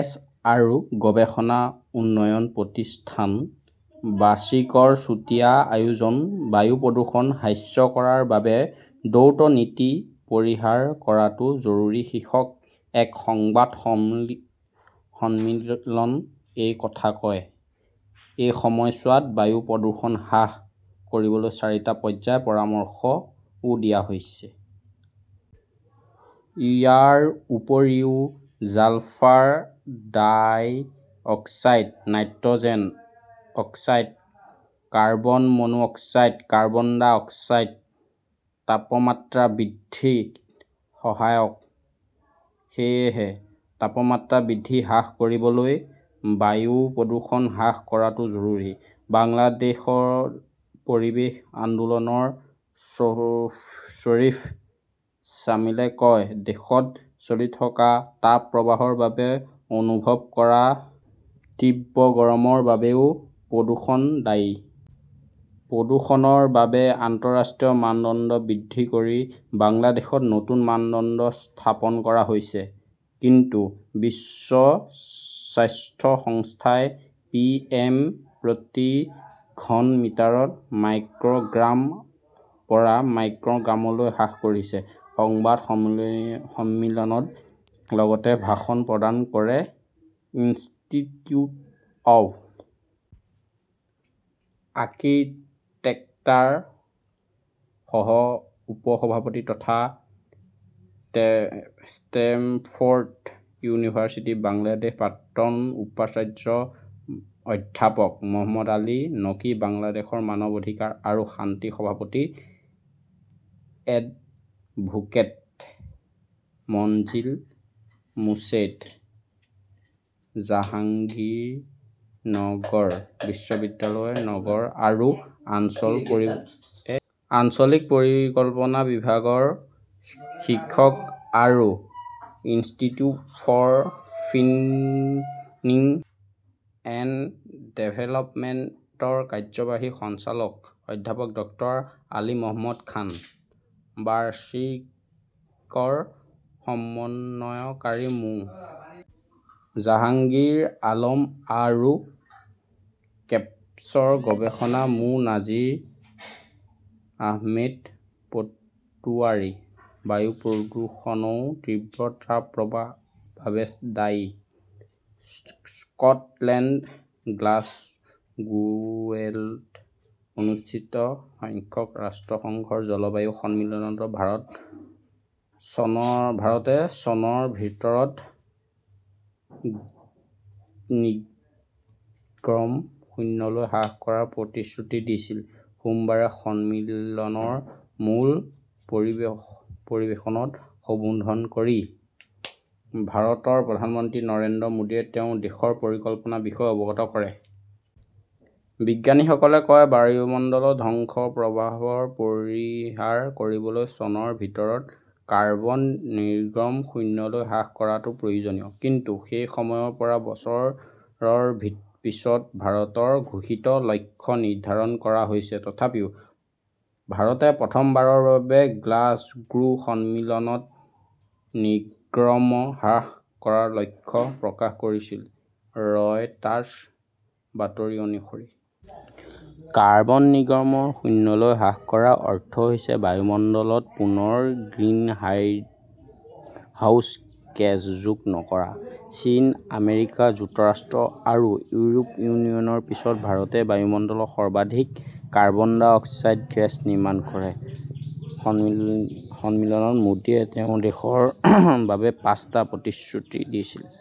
S. আৰু গৱেষণা উন্নয়ন প্ৰতিষ্ঠান বাৰ্চিকৰ চুটীয়া আয়োজন 'বায়ু প্ৰদূষণ হ্ৰাস্য কৰাৰ বাবে দ্বৈত নীতি পৰিহাৰ কৰাটো জৰুৰী শীৰ্ষক এক সংবাদ সম সন্মিলনত এই কথা কয়। এই সময়ছোৱাত বায়ু প্ৰদূষণ হ্ৰাস কৰিবলৈ চাৰিটা পৰ্যায়ৰ পৰামৰ্শও দিয়া হৈছিল। ইয়াৰ উপৰিও sulphur dioxide, nitrogen oxide, carbon monoxide, carbon dioxide তাপমাত্ৰা বৃদ্ধিত সহায়ক। সেয়েহে তাপমাত্ৰা বৃদ্ধি হ্ৰাস কৰিবলৈ বায়ু প্ৰদূষণ হ্ৰাস কৰাটো জৰুৰী। বাংলাদেশ পৰিৱেশ আন্দোলনৰ শ্বৰীফ জামিলে কয়, দেশত চলি থকা তাপ প্ৰবাহৰ বাবে অনুভৱ কৰা তীব্ৰ গৰমৰ বাবেও বায়ু প্ৰদূষণ দায়ী। প্ৰদূষণৰ বাবে আন্তঃৰাষ্ট্ৰীয় মানদণ্ড বৃদ্ধি কৰি বাংলাদেশত নতুন মানদণ্ড স্থাপন কৰা হৈছে। কিন্তু বিশ্ব স্বাস্থ্য সংস্থাই পিএম প্ৰতি ঘন মিটাৰত মাইক্ৰʼগ্ৰামৰ পৰা মাইক্ৰʼগ্ৰামলৈ হ্ৰাস কৰিছে। সংবাদ সন্মিলনত লগতে ভাষণ প্ৰদান কৰে ইনষ্টিটিউট অৱ আৰ্কিটেক্সাৰৰ সহ-সভাপতি তথা ষ্টেমফৰ্ড ইউনিভাৰ্চিটি বাংলাদেশৰ প্ৰাক্তন উপাচাৰ্য অধ্যাপক মহম্মদ আলী নকী, বাংলাদেশৰ মানৱ অধিকাৰ আৰু শান্তি ৰ সভাপতি এডভোকেট মনজিল মোৰ্ছেড, জাহাংগীৰনগৰ বিশ্ববিদ্যালয়ৰ নগৰ আৰু আঞ্চলিক পৰিকল্পনা বিভাগৰ শিক্ষক আৰু institute for planning and development ৰ কাৰ্যবাহী সঞ্চালক অধ্যাপক ডক্তৰ আদিল মহম্মদ খান, বাৰচিকৰ সমন্বয়কাৰী মো. জাহাংগীৰ আলম আৰু কেপছৰ গৱেষক মো. নাছিৰ আহমেদ পাটোৱাৰী। বায়ু প্ৰদূষণও তীব্ৰ তাপ প্ৰবাহৰ বাবে দায়ী। স্কটলেণ্ডৰ গ্লাছগোৱেত অনুষ্ঠিত সংখ্যক ৰাষ্ট্ৰসংঘৰ জলবায়ু সন্মিলনত ভাৰতে চনৰ ভিতৰত নিৰ্গমন শূন্যলৈ হ্ৰাস কৰাৰ প্ৰতিশ্ৰুতি দিছিল। সোমবাৰে সন্মিলনৰ মূল অধিৱেশনত সম্বোধন কৰি ভাৰতৰ প্ৰধানমন্ত্ৰী নৰেন্দ্ৰ মোদীয়ে তেওঁৰ দেশৰ পৰিকল্পনাৰ বিষয়ে অৱগত কৰে। বিজ্ঞানীসকলে কয় যে জলবায়ুৰ বিধ্বংসী প্ৰভাৱ পৰিহাৰ কৰিবলৈ চনৰ ভিতৰত কাৰ্বন নিৰ্গমন শূন্যলৈ হ্ৰাস কৰাটো প্ৰয়োজনীয়। কিন্তু সেই সময়ৰ পৰা বছৰৰ পিছত ভাৰতৰ ঘোষিত লক্ষ্য নিৰ্ধাৰণ কৰা হৈছে। তথাপিও ভাৰতে প্ৰথমবাৰৰ বাবে গ্লাছগো সন্মিলনত নিৰ্গমন হ্ৰাস কৰাৰ লক্ষ্য প্ৰকাশ কৰিছিল, ৰয়টাৰ্ছৰ বাতৰি অনুসৰি। কাৰ্বন নিৰ্গমন শূন্যলৈ হ্ৰাস কৰাৰ অৰ্থ হৈছে বায়ুমণ্ডলত পুনৰ গ্ৰিনহাউজ গেছ যোগ নকৰা। চীন, আমেৰিকা যুক্তৰাষ্ট্ৰ আৰু ইউৰোপীয় ইউনিয়নৰ পিছত ভাৰতে বায়ুমণ্ডলত সৰ্বাধিক কাৰ্বন ডাই অক্সাইড গেছ নিৰ্গমন কৰে। সন্মিলনত মোদীয়ে তেওঁৰ দেশৰ বাবে পাঁচটা প্ৰতিশ্ৰুতি দিছিল।